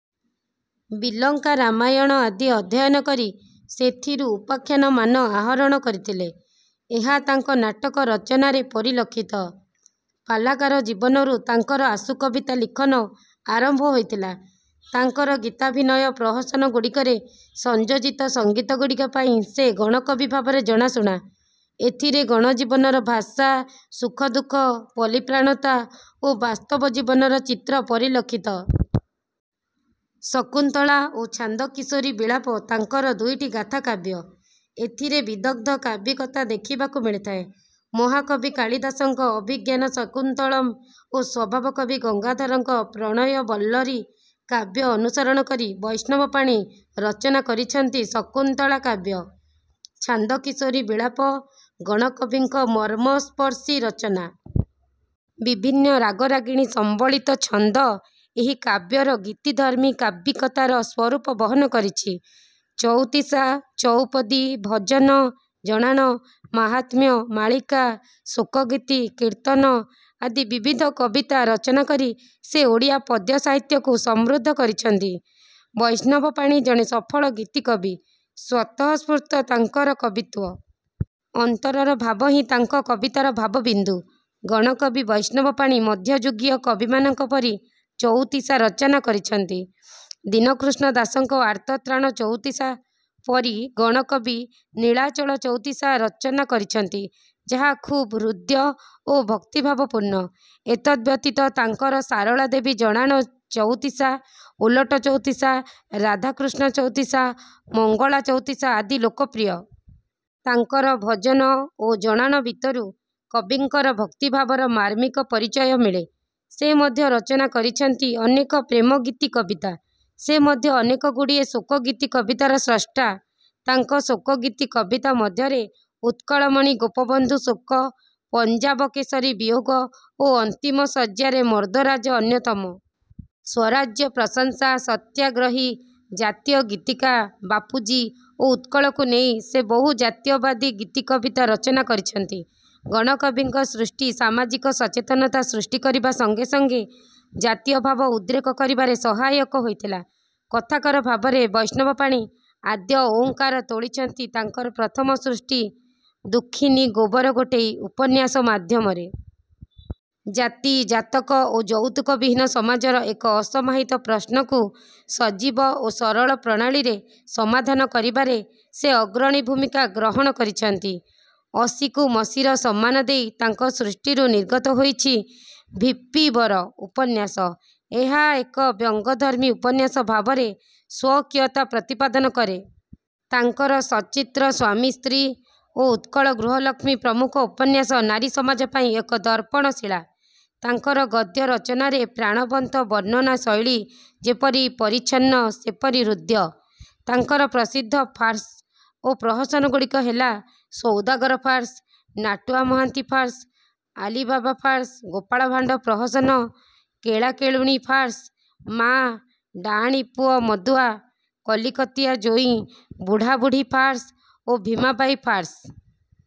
ବିଲଙ୍କା ରାମାୟଣ ଆଦି ଅଧ୍ୟୟନ କରି ସେଥିରୁ ଉପାଖ୍ୟାନମାନ ଆହରଣ କରିଥିଲେ। ଏହା ତାଙ୍କ ନାଟକ ରଚନାରେ ପରିଲକ୍ଷିତ। ପାଲାକାର ଜୀବନରୁ ତାଙ୍କର ଆଶୁ କବିତା ଲିଖନ ଆରମ୍ଭ ହୋଇଥିଲା। ତାଙ୍କର ଗୀତାଭିନୟ ପ୍ରହସନଗୁଡ଼ିକରେ ସଂଯୋଜିତ ସଙ୍ଗୀତଗୁଡ଼ିକ ପାଇଁ ସେ ଗଣକବି ଭାବରେ ଜଣାଶୁଣା। ଏଥିରେ ଗଣଜୀବନର ଭାଷା, ସୁଖଦୁଃଖ, ପଲ୍ଲୀପ୍ରାଣତା ଓ ବାସ୍ତବ ଜୀବନର ଚିତ୍ର ପରିଲକ୍ଷିତ। ଶକୁନ୍ତଳା ଓ ଛାନ୍ଦ କିଶୋରୀ ବିଳାପ ତାଙ୍କର ଦୁଇଟି ଗାଥାକାବ୍ୟ। ଏଥିରେ ବିଦଗ୍ଧ କାବ୍ୟିକତା ଦେଖିବାକୁ ମିଳିଥାଏ। ମହାକବି କାଳିଦାସଙ୍କ 'ଅଭିଜ୍ଞାନ ଶାକୁନ୍ତଳମ୍' ଓ ସ୍ୱଭାବକବି ଗଙ୍ଗାଧରଙ୍କ 'ପ୍ରଣୟ ବଲ୍ଲରୀ' କାବ୍ୟ ଅନୁସରଣ କରି ବୈଷ୍ଣବ ପାଣି ରଚନା କରିଛନ୍ତି 'ଶକୁନ୍ତଳା' କାବ୍ୟ। 'ଛାନ୍ଦ କିଶୋରୀ ବିଳାପ' ଗଣକବିଙ୍କ ମର୍ମସ୍ପର୍ଶୀ ରଚନା। ବିଭିନ୍ନ ରାଗରାଗିଣୀ ସମ୍ବଳିତ ଛନ୍ଦ ଏହି କାବ୍ୟର ଗୀତିଧର୍ମୀ କାବ୍ୟିକତାର ସ୍ୱରୂପ ବହନ କରିଛି। ଚଉତିଶା, ଚଉପଦୀ, ଭଜନ, ଜଣାଣ, ମାହାତ୍ମ୍ୟ, ମାଳିକା, ଶୋକଗୀତି, କୀର୍ତ୍ତନ ଆଦି ବିବିଧ କବିତା ରଚନା କରି ସେ ଓଡ଼ିଆ ପଦ୍ୟ ସାହିତ୍ୟକୁ ସମୃଦ୍ଧ କରିଛନ୍ତି। ବୈଷ୍ଣବ ପାଣି ଜଣେ ସଫଳ ଗୀତିକବି, ସ୍ୱତଃସ୍ଫୂର୍ତ୍ତ ତାଙ୍କର କବିତ୍ୱ। ଅନ୍ତରର ଭାବ ହିଁ ତାଙ୍କ କବିତାର ଭାବବିନ୍ଦୁ। ଗଣକବି ବୈଷ୍ଣବ ପାଣି ମଧ୍ୟଯୁଗୀୟ କବିମାନଙ୍କ ପରି ଚଉତିଶା ରଚନା କରିଛନ୍ତି। ଦୀନକୃଷ୍ଣ ଦାସଙ୍କ 'ଆର୍ତ୍ତତ୍ରାଣ ଚଉତିଶା' ପରି ଗଣକବି 'ନୀଳାଚଳ ଚଉତିଶା' ରଚନା କରିଛନ୍ତି, ଯାହା ଖୁବ୍ ହୃଦ୍ୟ ଓ ଭକ୍ତିଭାବପୂର୍ଣ୍ଣ। ଏତଦ୍ ବ୍ୟତୀତ ତାଙ୍କର ସାରଳା ଦେବୀ ଜଣାଣ ଚଉତିଶା, ଓଲଟ ଚଉତିଶା, ରାଧାକୃଷ୍ଣ ଚଉତିଶା, ମଙ୍ଗଳା ଚଉତିଶା ଆଦି ଲୋକପ୍ରିୟ। ତାଙ୍କର ଭଜନ ଓ ଜଣାଣ ଭିତରୁ କବିଙ୍କର ଭକ୍ତିଭାବର ମାର୍ମିକ ପରିଚୟ ମିଳେ। ସେ ମଧ୍ୟ ରଚନା କରିଛନ୍ତି ଅନେକ ପ୍ରେମଗୀତି କବିତା। ସେ ମଧ୍ୟ ଅନେକ ଗୁଡ଼ିଏ ଶୋକଗୀତି କବିତାର ସ୍ରଷ୍ଟା। ତାଙ୍କ ଶୋକଗୀତି କବିତା ମଧ୍ୟରେ 'ଉତ୍କଳମଣି ଗୋପବନ୍ଧୁ ଶୋକ', 'ପଞ୍ଜାବ କେଶରୀ ବିୟୋଗ' ଓ 'ଅନ୍ତିମ ଶଯ୍ୟାରେ ମର୍ଦ୍ଦରାଜ' ଅନ୍ୟତମ। ସ୍ୱରାଜ୍ୟ ପ୍ରଶଂସା, ସତ୍ୟାଗ୍ରହୀ, ଜାତୀୟ ଗୀତିକା, ବାପୁଜୀ ଓ ଉତ୍କଳକୁ ନେଇ ସେ ବହୁ ଜାତୀୟବାଦୀ ଗୀତିକବିତା ରଚନା କରିଛନ୍ତି। ଗଣକବିଙ୍କ ସୃଷ୍ଟି ସାମାଜିକ ସଚେତନତା ସୃଷ୍ଟି କରିବା ସଙ୍ଗେ ସଙ୍ଗେ ଜାତୀୟଭାବ ଉଦ୍ରେକ କରିବାରେ ସହାୟକ ହୋଇଥିଲା। କଥାକାର ଭାବରେ ବୈଷ୍ଣବ ପାଣି ଆଦ୍ୟ ଓଁକାର ତୋଳିଛନ୍ତି ତାଙ୍କର ପ୍ରଥମ ସୃଷ୍ଟି 'ଦୁଃଖିନୀ ଗୋବର ଗୋଟେଇ' ଉପନ୍ୟାସ ମାଧ୍ୟମରେ। ଜାତି, ଜାତକ ଓ ଯୌତୁକ ବିହୀନ ସମାଜର ଏକ ଅସମାହିତ ପ୍ରଶ୍ନକୁ ସଜୀବ ଓ ସରଳ ପ୍ରଣାଳୀରେ ସମାଧାନ କରିବାରେ ସେ ଅଗ୍ରଣୀ ଭୂମିକା ଗ୍ରହଣ କରିଛନ୍ତି। ଅସୀକୁ ମସୀର ସମ୍ମାନ ଦେଇ ତାଙ୍କ ସୃଷ୍ଟିରୁ ନିର୍ଗତ ହୋଇଛି 'ଭି. ପି. ବର' ଉପନ୍ୟାସ। ଏହା ଏକ ବ୍ୟଙ୍ଗଧର୍ମୀ ଉପନ୍ୟାସ ଭାବରେ ସ୍ୱକୀୟତା ପ୍ରତିପାଦନ କରେ। ତାଙ୍କର 'ସଚିତ୍ର ସ୍ୱାମୀ ସ୍ତ୍ରୀ' ଓ 'ଉତ୍କଳ ଗୃହଲକ୍ଷ୍ମୀ' ପ୍ରମୁଖ ଉପନ୍ୟାସ ନାରୀସମାଜ ପାଇଁ ଏକ ଦର୍ପଣ ଶିଳା। ତାଙ୍କର ଗଦ୍ୟ ରଚନାରେ ପ୍ରାଣବନ୍ତ ବର୍ଣ୍ଣନାଶୈଳୀ ଯେପରି ପରିଚ୍ଛନ୍ନ, ସେପରି ହୃଦ୍ୟ। ତାଙ୍କର ପ୍ରସିଦ୍ଧ ଫାର୍ସ ଓ ପ୍ରହସନଗୁଡ଼ିକ ହେଲା Saudagar farce, Natua Mohanty farce, Ali Baba farce, Gopalbhanda ପ୍ରହସନ, କେଳାକେଳୁଣୀ ଫାର୍ସ, ମା' ଡାଆଣୀ ପୁଅ ମଦୁଆ, କଲିକତିଆ ଜୋଇଁ, ବୁଢ଼ାବୁଢ଼ୀ ଫାର୍ସ ଓ ଭୀମାବାଇ ଫାର୍ସ।